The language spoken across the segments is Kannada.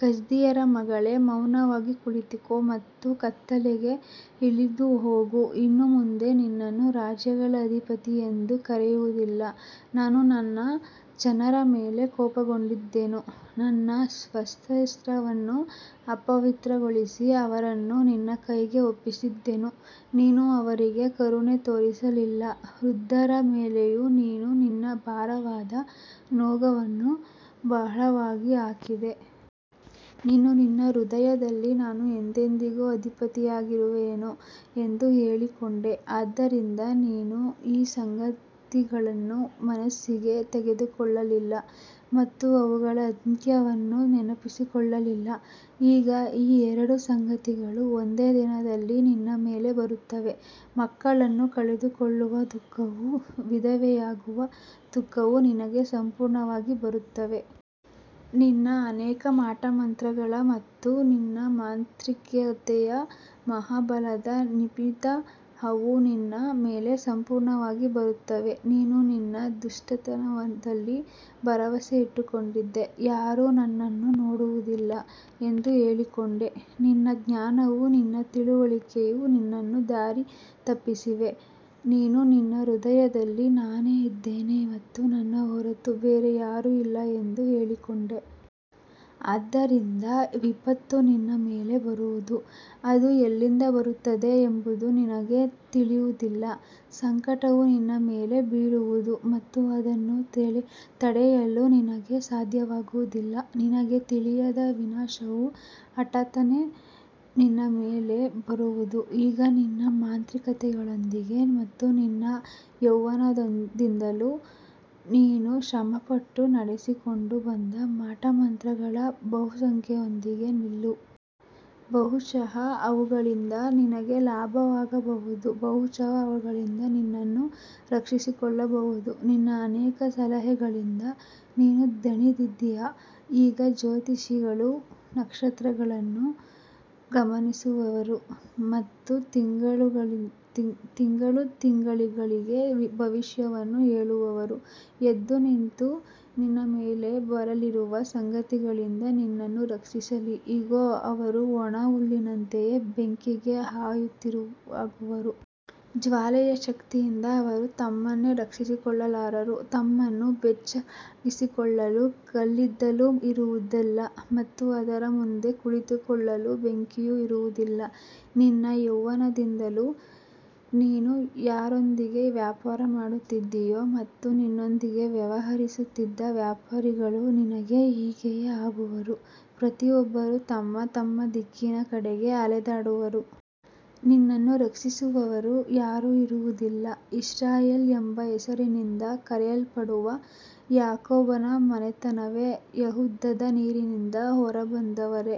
ಕಸ್ದೀಯರ ಮಗಳೇ, ಮೌನವಾಗಿ ಕುಳಿತುಕೋ ಮತ್ತು ಕತ್ತಲೆಗೆ ಇಳಿದುಹೋಗು. ಇನ್ನು ಮುಂದೆ ನಿನ್ನನ್ನು ರಾಜ್ಯಗಳ ಅಧಿಪತಿಯೆಂದು ಕರೆಯುವುದಿಲ್ಲ. ನಾನು ನನ್ನ ಜನರ ಮೇಲೆ ಕೋಪಗೊಂಡಿದ್ದೆನು. ನನ್ನ ಸ್ವಾಸ್ತ್ಯವನ್ನು ಅಪವಿತ್ರಗೊಳಿಸಿ ಅವರನ್ನು ನಿನ್ನ ಕೈಗೆ ಒಪ್ಪಿಸಿದ್ದೆನು. ನೀನು ಅವರಿಗೆ ಕರುಣೆ ತೋರಿಸಲಿಲ್ಲ. ವೃದ್ಧರ ಮೇಲೆಯೂ ನೀನು ನಿನ್ನ ಭಾರವಾದ ನೊಗವನ್ನು ಬಹಳವಾಗಿ ಹಾಕಿದ್ದೆ. ನೀನು ನಿನ್ನ ಹೃದಯದಲ್ಲಿ, ನಾನು ಎಂದೆಂದಿಗೂ ಅಧಿಪತಿಯಾಗಿರುವೆನು ಎಂದು ಹೇಳಿಕೊಂಡೆ. ಆದ್ದರಿಂದ ನೀನು ಈ ಸಂಗತಿಗಳನ್ನು ಮನಸ್ಸಿಗೆ ತೆಗೆದುಕೊಳ್ಳಲಿಲ್ಲ ಮತ್ತು ಅವುಗಳ ಅಂತ್ಯವನ್ನು ನೆನಪಿಸಿಕೊಳ್ಳಲಿಲ್ಲ. ಈಗ ಈ ಎರಡು ಸಂಗತಿಗಳು ಒಂದೇ ದಿನದಲ್ಲಿ ನಿನ್ನ ಮೇಲೆ ಬರುತ್ತವೆ. ಮಕ್ಕಳನ್ನು ಕಳೆದುಕೊಳ್ಳುವ ದುಃಖವೂ ವಿಧವೆಯಾಗುವ ದುಃಖವೂ ನಿನಗೆ ಸಂಪೂರ್ಣವಾಗಿ ಬರುತ್ತವೆ. ನಿನ್ನ ಅನೇಕ ಮಾಟಮಂತ್ರಗಳ ಮತ್ತು ನಿನ್ನ ಮಾಂತ್ರಿಕತೆಯ ಮಹಾ ಬಲದ ನಿಮಿತ್ತ ಅವು ನಿನ್ನ ಮೇಲೆ ಸಂಪೂರ್ಣವಾಗಿ ಬರುತ್ತವೆ. ನೀನು ನಿನ್ನ ದುಷ್ಟತನದಲ್ಲಿ ಭರವಸೆ ಇಟ್ಟುಕೊಂಡಿದ್ದೆ. ಯಾರೂ ನನ್ನನ್ನು ನೋಡುವುದಿಲ್ಲ ಎಂದು ಹೇಳಿಕೊಂಡೆ. ನಿನ್ನ ಜ್ಞಾನವೂ ನಿನ್ನ ತಿಳುವಳಿಕೆಯೂ ನಿನ್ನನ್ನು ದಾರಿ ತಪ್ಪಿಸಿವೆ. ನೀನು ನಿನ್ನ ಹೃದಯದಲ್ಲಿ, ನಾನೇ ಇದ್ದೇನೆ ಮತ್ತು ನನ್ನ ಹೊರತು ಬೇರೆ ಯಾರೂ ಇಲ್ಲ ಎಂದು ಹೇಳಿಕೊಂಡೆ. ಆದ್ದರಿಂದ ವಿಪತ್ತು ನಿನ್ನ ಮೇಲೆ ಬರುವುದು. ಅದು ಎಲ್ಲಿಂದ ಬರುತ್ತದೆ ಎಂಬುದು ನಿನಗೆ ತಿಳಿಯುವುದಿಲ್ಲ. ಸಂಕಟವು ನಿನ್ನ ಮೇಲೆ ಬೀಳುವುದು ಮತ್ತು ಅದನ್ನು ತಡೆಯಲು ನಿನಗೆ ಸಾಧ್ಯವಾಗುವುದಿಲ್ಲ. ನಿನಗೆ ತಿಳಿಯದ ವಿನಾಶವು ಹಠಾತ್ತನೆ ನಿನ್ನ ಮೇಲೆ ಬರುವುದು. ಈಗ ನಿನ್ನ ಮಾಂತ್ರಿಕತೆಗಳೊಂದಿಗೆ ಮತ್ತು ನಿನ್ನ ಯೌವನದಿಂದಲೂ ನೀನು ಶ್ರಮಪಟ್ಟು ನಡೆಸಿಕೊಂಡು ಬಂದ ಮಾಟಮಂತ್ರಗಳ ಬಹುಸಂಖ್ಯೆಯೊಂದಿಗೆ ನಿಲ್ಲು. ಬಹುಶಃ ಅವುಗಳಿಂದ ನಿನಗೆ ಲಾಭವಾಗಬಹುದು. ಬಹುಶಃ ಅವುಗಳಿಂದ ನಿನ್ನನ್ನು ರಕ್ಷಿಸಿಕೊಳ್ಳಬಹುದು. ನಿನ್ನ ಅನೇಕ ಸಲಹೆಗಳಿಂದ ನೀನು ದಣಿದಿದ್ದೀಯ. ಈಗ ಜ್ಯೋತಿಷಿಗಳು, ನಕ್ಷತ್ರಗಳನ್ನು ಗಮನಿಸುವವರು ಮತ್ತು ತಿಂಗಳುತಿಂಗಳಿಗೆ ಭವಿಷ್ಯವನ್ನು ಹೇಳುವವರು ಎದ್ದು ನಿಂತು ನಿನ್ನ ಮೇಲೆ ಬರಲಿರುವ ಸಂಗತಿಗಳಿಂದ ನಿನ್ನನ್ನು ರಕ್ಷಿಸಲಿ. ಇಗೋ, ಅವರು ಒಣ ಹುಲ್ಲಿನಂತೆಯೇ ಬೆಂಕಿಗೆ ಆಹುತಿಯಾಗುವರು. ಜ್ವಾಲೆಯ ಶಕ್ತಿಯಿಂದ ಅವರು ತಮ್ಮನ್ನೇ ರಕ್ಷಿಸಿಕೊಳ್ಳಲಾರರು. ತಮ್ಮನ್ನು ಬೆಚ್ಚಗಾಗಿಸಿಕೊಳ್ಳಲು ಕಲ್ಲಿದ್ದಲೂ ಇರುವುದಿಲ್ಲ ಮತ್ತು ಅದರ ಮುಂದೆ ಕುಳಿತುಕೊಳ್ಳಲು ಬೆಂಕಿಯೂ ಇರುವುದಿಲ್ಲ. ನಿನ್ನ ಯೌವನದಿಂದಲೂ ನೀನು ಯಾರೊಂದಿಗೆ ವ್ಯಾಪಾರ ಮಾಡುತ್ತಿದ್ದೀಯೋ ಮತ್ತು ನಿನ್ನೊಂದಿಗೆ ವ್ಯವಹರಿಸುತ್ತಿದ್ದ ವ್ಯಾಪಾರಿಗಳೂ ನಿನಗೆ ಹೀಗೆಯೇ ಆಗುವರು. ಪ್ರತಿಯೊಬ್ಬರೂ ತಮ್ಮ ತಮ್ಮ ದಿಕ್ಕಿನ ಕಡೆಗೆ ಅಲೆದಾಡುವರು. ನಿನ್ನನ್ನು ರಕ್ಷಿಸುವವರು ಯಾರೂ ಇರುವುದಿಲ್ಲ. ಇಸ್ರಾಯೇಲ್ ಎಂಬ ಹೆಸರಿನಿಂದ ಕರೆಯಲ್ಪಡುವ ಯಾಕೋಬನ ಮನೆತನವೇ, ಯೆಹೂದದ ನೀರಿನಿಂದ ಹೊರಬಂದವರೇ,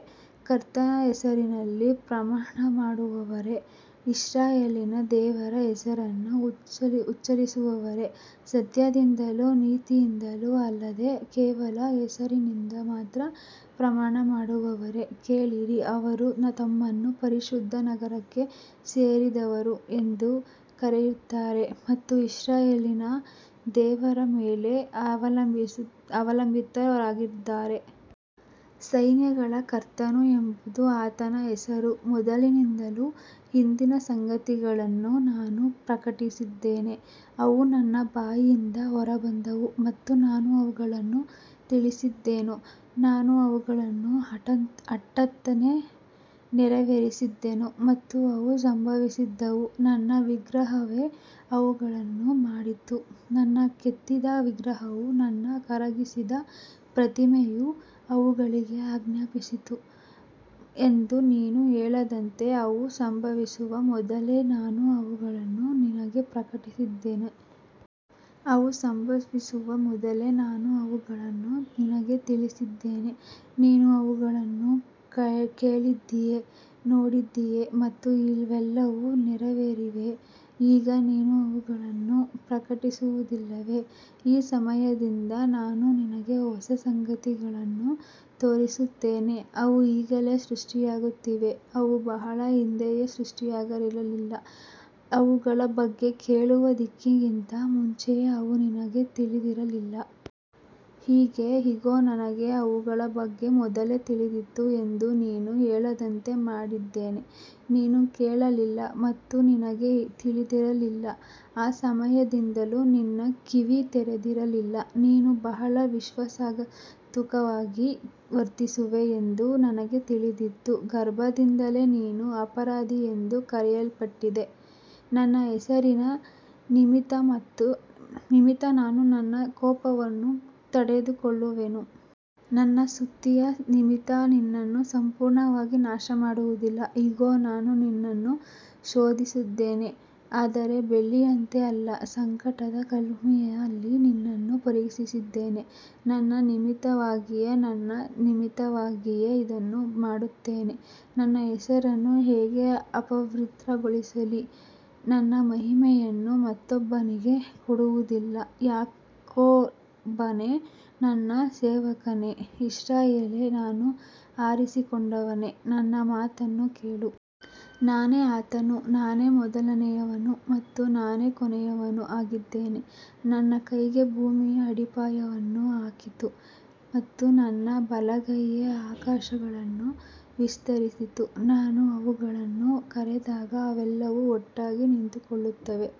ಕರ್ತನ ಹೆಸರಿನಲ್ಲಿ ಪ್ರಮಾಣಮಾಡುವವರೇ, ಇಸ್ರಾಯೇಲಿನ ದೇವರ ಹೆಸರನ್ನು ಉಚ್ಚರಿಸುವವರೇ, ಸತ್ಯದಿಂದಲೂ ನೀತಿಯಿಂದಲೂ ಅಲ್ಲದೆ ಕೇವಲ ಹೆಸರಿನಿಂದ ಮಾತ್ರ ಪ್ರಮಾಣಮಾಡುವವರೇ, ಕೇಳಿರಿ. ಅವರು ತಮ್ಮನ್ನು ಪರಿಶುದ್ಧ ನಗರಕ್ಕೆ ಸೇರಿದವರು ಎಂದು ಕರೆಯುತ್ತಾರೆ ಮತ್ತು ಇಸ್ರಾಯೇಲಿನ ದೇವರ ಮೇಲೆ ಅವಲಂಬಿತರಾಗಿದ್ದಾರೆ. ಸೈನ್ಯಗಳ ಕರ್ತನು ಎಂಬುದು ಆತನ ಹೆಸರು. ಮೊದಲಿನಿಂದಲೂ ಹಿಂದಿನ ಸಂಗತಿಗಳನ್ನು ನಾನು ಪ್ರಕಟಿಸಿದ್ದೇನೆ. ಅವು ನನ್ನ ಬಾಯಿಂದ ಹೊರಬಂದವು ಮತ್ತು ನಾನು ಅವುಗಳನ್ನು ತಿಳಿಸಿದೆನು. ನಾನು ಅವುಗಳನ್ನು ಹಠಾತ್ತನೆ ನೆರವೇರಿಸಿದೆನು ಮತ್ತು ಅವು ಸಂಭವಿಸಿದವು. ನನ್ನ ವಿಗ್ರಹವೇ ಅವುಗಳನ್ನು ಮಾಡಿತು, ನನ್ನ ಕೆತ್ತಿದ ವಿಗ್ರಹವೂ ನನ್ನ ಕರಗಿಸಿದ ಪ್ರತಿಮೆಯೂ ಅವುಗಳಿಗೆ ಆಜ್ಞಾಪಿಸಿತು ಎಂದು ನೀನು ಹೇಳದಂತೆ, ಅವು ಸಂಭವಿಸುವ ಮೊದಲೇ ನಾನು ಅವುಗಳನ್ನು ನಿನಗೆ ಪ್ರಕಟಿಸಿದ್ದೇನೆ. ಅವು ಸಂಭವಿಸುವ ಮೊದಲೇ ನಾನು ಅವುಗಳನ್ನು ನಿನಗೆ ತಿಳಿಸಿದ್ದೇನೆ. ನೀನು ಅವುಗಳನ್ನು ಕೇಳಿದ್ದೀಯೆ, ನೋಡಿದ್ದೀಯೆ ಮತ್ತು ಇವೆಲ್ಲವೂ ನೆರವೇರಿವೆ. ಈಗ ನೀನು ಅವುಗಳನ್ನು ಪ್ರಕಟಿಸುವುದಿಲ್ಲವೇ? ಈ ಸಮಯದಿಂದ ನಾನು ನಿನಗೆ ಹೊಸ ಸಂಗತಿಗಳನ್ನು ತೋರಿಸುತ್ತೇನೆ. ಅವು ಈಗಲೇ ಸೃಷ್ಟಿಯಾಗುತ್ತಿವೆ. ಅವು ಬಹಳ ಹಿಂದೆಯೇ ಸೃಷ್ಟಿಯಾಗಿರಲಿಲ್ಲ. ಅವುಗಳ ಬಗ್ಗೆ ಕೇಳುವ ದಿನಕ್ಕಿಂತ ಮುಂಚೆಯೇ ಅವು ನಿನಗೆ ತಿಳಿದಿರಲಿಲ್ಲ. ಹೀಗೆ, ಇಗೋ, ನನಗೆ ಅವುಗಳ ಬಗ್ಗೆ ಮೊದಲೇ ತಿಳಿದಿತ್ತು ಎಂದು ನೀನು ಹೇಳದಂತೆ ಮಾಡಿದ್ದೇನೆ. ನೀನು ಕೇಳಲಿಲ್ಲ ಮತ್ತು ನಿನಗೆ ತಿಳಿದಿರಲಿಲ್ಲ. ಆ ಸಮಯದಿಂದಲೂ ನಿನ್ನ ಕಿವಿ ತೆರೆದಿರಲಿಲ್ಲ. ನೀನು ಬಹಳ ವಿಶ್ವಾಸಘಾತುಕವಾಗಿ ವರ್ತಿಸುವೆ ಎಂದು ನನಗೆ ತಿಳಿದಿತ್ತು. ಗರ್ಭದಿಂದಲೇ ನೀನು ಅಪರಾಧಿಯೆಂದು ಕರೆಯಲ್ಪಟ್ಟಿದ್ದೆ. ನನ್ನ ಹೆಸರಿನ ನಿಮಿತ್ತ ನಾನು ನನ್ನ ಕೋಪವನ್ನು ತಡೆದುಕೊಳ್ಳುವೆನು. ನನ್ನ ಸ್ತುತಿಯ ನಿಮಿತ್ತ ನಿನ್ನನ್ನು ಸಂಪೂರ್ಣವಾಗಿ ನಾಶಮಾಡುವುದಿಲ್ಲ. ಇಗೋ, ನಾನು ನಿನ್ನನ್ನು ಶೋಧಿಸಿದ್ದೇನೆ, ಆದರೆ ಬೆಳ್ಳಿಯಂತೆ ಅಲ್ಲ. ಸಂಕಟದ ಕುಲುಮೆಯಲ್ಲಿ ನಿನ್ನನ್ನು ಪರೀಕ್ಷಿಸಿದ್ದೇನೆ. ನನ್ನ ನಿಮಿತ್ತವಾಗಿಯೇ, ನನ್ನ ನಿಮಿತ್ತವಾಗಿಯೇ ಇದನ್ನು ಮಾಡುತ್ತೇನೆ. ನನ್ನ ಹೆಸರನ್ನು ಹೇಗೆ ಅಪವಿತ್ರಗೊಳಿಸಲಿ? ನನ್ನ ಮಹಿಮೆಯನ್ನು ಮತ್ತೊಬ್ಬನಿಗೆ ಕೊಡುವುದಿಲ್ಲ. ಯಾಕೋಬನೇ, ನನ್ನ ಸೇವಕನೇ, ಇಸ್ರಾಯೇಲೇ, ನಾನು ಆರಿಸಿಕೊಂಡವನೇ, ನನ್ನ ಮಾತನ್ನು ಕೇಳು. ನಾನೇ ಆತನು. ನಾನೇ ಮೊದಲನೆಯವನು ಮತ್ತು ನಾನೇ ಕೊನೆಯವನೂ ಆಗಿದ್ದೇನೆ. ನನ್ನ ಕೈಯೇ ಭೂಮಿಯ ಅಡಿಪಾಯವನ್ನು ಹಾಕಿತು ಮತ್ತು ನನ್ನ ಬಲಗೈಯೇ ಆಕಾಶಗಳನ್ನು ವಿಸ್ತರಿಸಿತು. ನಾನು ಅವುಗಳನ್ನು ಕರೆದಾಗ ಅವೆಲ್ಲವೂ ಒಟ್ಟಾಗಿ ನಿಂತುಕೊಳ್ಳುತ್ತವೆ.